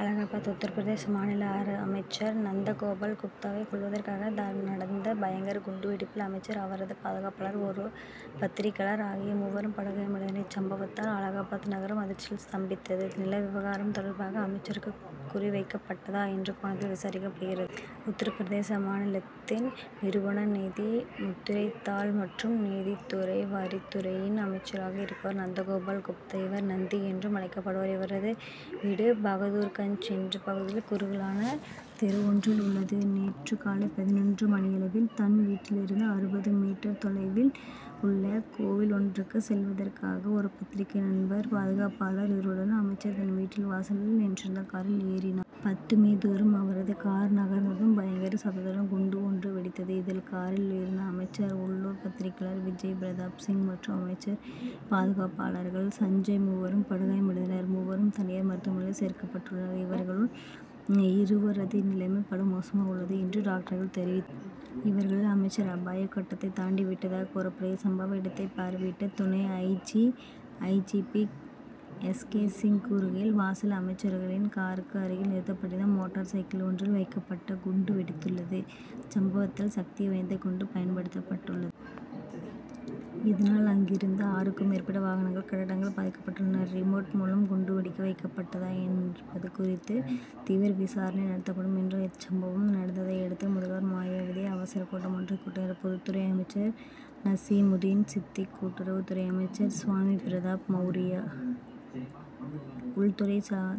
அலகாபாத் உத்தரபிரதேச மாநில அமைச்சர் நந்த கோபால் குப்தாவைக் கொல்வதற்காக நடந்த பயங்கர குண்டு வெடிப்பில் அமைச்சர், அவரது பாதுகாப்பாளர், ஒரு பத்திரிகையாளர் ஆகிய மூவரும் படுகாயம் அடைந்தனர். இச்சம்பவத்தால் அலகாபாத் நகரம் அதிர்ச்சியில் ஸ்தம்பித்தது. நில விவகாரம் தொடர்பாக அமைச்சருக்கு குறி வைக்கப்பட்டதா என்ற கோணத்தில் விசாரிக்கப்படுகிறது. உத்தரபிரதேச மாநிலத்தின், நிறுவன நிதி, முத்திரைத் தாள் மற்றும் நீதித்துறை வரித் துறையின் அமைச்சராக இருப்பவர் நந்தகோபால் குப்தா. இவர், நந்தி என்றும் அழைக்கப்படுவார். இவரது வீடு பகதூர்கஞ்ச் என்ற பகுதியில் குறுகலான தெரு ஒன்றில் உள்ளது. நேற்று காலை பதினொன்று மணியளவில், தன் வீட்டிலிருந்து அறுபது மீ தொலைவில் உள்ள கோவில் ஒன்றுக்குச் செல்வதற்காக, ஒரு பத்திரிகை நண்பர், பாதுகாப்பாளர் இருவருடன் அமைச்சர் தன் வீட்டு வாசலில் நின்றிருந்த காரில் ஏறினார். பத்து மீ., தூரம் அவரது கார் நகர்ந்ததும் பயங்கர சத்தத்துடன் குண்டு ஒன்று வெடித்தது. இதில், காரில் இருந்த அமைச்சர், உள்ளூர் பத்திரிகையாளர் விஜய் பிரதாப் சிங் மற்றும் அமைச்சரின் பாதுகாப்பாளர் சஞ்சய் மூவரும் படுகாயம் அடைந்தனர். மூவரும், தனியார் மருத்துவமனையில் சேர்க்கப்பட்டுள்ளனர். இவர்கள் இருவரது நிலைமை படுமோசமாக உள்ளது என்று டாக்டர்கள் தெரிவித்தனர். இவர்களில் அமைச்சர் அபாய கட்டத்தைத் தாண்டி விட்டதாக கூறப்பட்டது. சம்பவ இடத்தைப் பார்வையிட்ட துணை I. G. P., S. K. Singh கூறுகையில், வாசலில் அமைச்சரின் காருக்கு அருகில் நிறுத்தப்பட்டிருந்த மோட்டார் சைக்கிள் ஒன்றில் வைக்கப்பட்ட குண்டு வெடித்துள்ளது. இச்சம்பவத்தில் சக்தி வாய்ந்த குண்டு பயன்படுத்தப்பட்டுள்ளது. இதனால் அருகிலிருந்த ஆறுக்கும் மேற்பட்ட வாகனங்கள், கட்டடங்கள் பாதிக்கப்பட்டுள்ளன. ரிமோட் மூலம் குண்டு வெடிக்க வைக்கப்பட்டதா என்பது குறித்து தீவிர விசாரணை நடத்தப்படும் என்றார். இச்சம்பவம் நடந்ததையடுத்து முதல்வர் மாயாவதி, அவசரக் கூட்டம் ஒன்றைக் கூட்டினார். பொதுத்துறை அமைச்சர் நசீமுதீன் சித்திக், கூட்டுறவுத் துறை அமைச்சர் சுவாமி பிரசாத் மவுர்யா, உள்துறை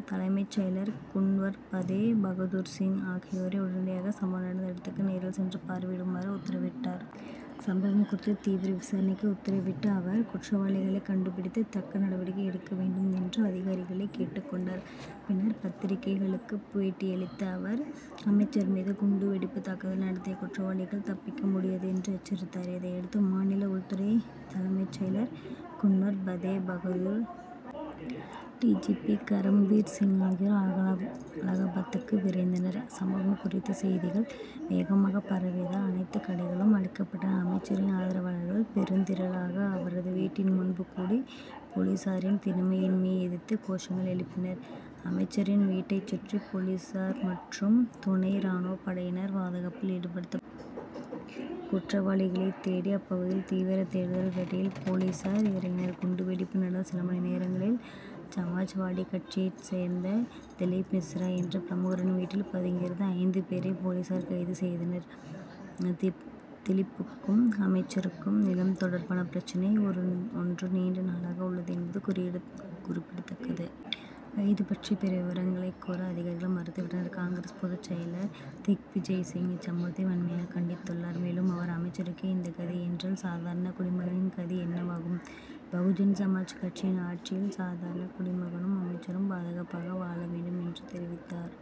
தலைமைச் செயலர் குன்வர் பதே பகதூர்சிங் ஆகியோரை உடனடியாக சம்பவம் நடந்த இடத்துக்கு நேரில் சென்று பார்வையிடுமாறு உத்தரவிட்டார். சம்பவம் குறித்து தீவிர விசாரணைக்கு உத்தரவிட்ட அவர், குற்றவாளிகளைக் கண்டுபிடித்து தக்க நடவடிக்கை எடுக்க வேண்டும் என்று அதிகாரிகளைக் கேட்டுக் கொண்டார். பின்னர் பத்திரிகைகளுக்குப் பேட்டியளித்த அவர், அமைச்சர் மீது குண்டு வெடிப்புத் தாக்குதல் நடத்திய குற்றவாளிகள் தப்பிக்க முடியாது என்று எச்சரித்தார். இதையடுத்து மாநில உள்துறை தலைமைச் செயலர் Kunwar Fateh Bahadur, D. G. P., Karamvir Singh ஆகியோர் அலகாபாத்துக்கு விரைந்தனர். சம்பவம் குறித்து செய்திகள் வேகமாகப் பரவியதால் அனைத்துக் கடைகளும் அடைக்கப்பட்டன. அமைச்சரின் ஆதரவாளர்கள் பெருந்திரளாக அவரது வீட்டின் முன்பு கூடி போலீசாரின் திறமையின்மையை எதிர்த்து கோஷங்கள் எழுப்பினர். அமைச்சரின் வீட்டைச் சுற்றி போலீசார் மற்றும் துணை ராணுவப் படையினர் பாதுகாப்பில் ஈடுபடுத்தப்பட்டுள்ளனர். குற்றவாளிகளைத் தேடி அப்பகுதியில் தீவிர தேடுதல் வேட்டையில் போலீசார் இறங்கினர். குண்டு வெடிப்பு நடந்த சில மணிநேரங்களில், சமாஜ்வாடி கட்சியைச் சேர்ந்த திலிப் மிஸ்ரா என்ற பிரமுகரின் வீட்டில் பதுங்கியிருந்த ஐந்து பேரை போலீசார் கைது செய்தனர். திலிப்புக்கும் அமைச்சருக்கும் நிலம் தொடர்பான பிரச்னை ஒன்று நீண்ட நாளாக உள்ளது என்பது குறிப்பிடத்தக்கது. கைது பற்றிய பிற விவரங்களைக் கூற அதிகாரிகள் மறுத்துவிட்டனர். காங்கிரஸ் பொதுச் செயலர் திக்விஜய் சிங் இச்சம்பவத்தை வன்மையாகக் கண்டித்துள்ளார். மேலும் அவர், அமைச்சருக்கே இந்த கதி என்றால், சாதாரணக் குடிமகனின் கதி என்னவாகும்? பகுஜன் சமாஜ் கட்சியின் ஆட்சியில் சாதாரணக் குடிமகனும் அமைச்சரும் பாதுகாப்பாக வாழ வேண்டும் என்று தெரிவித்தார்.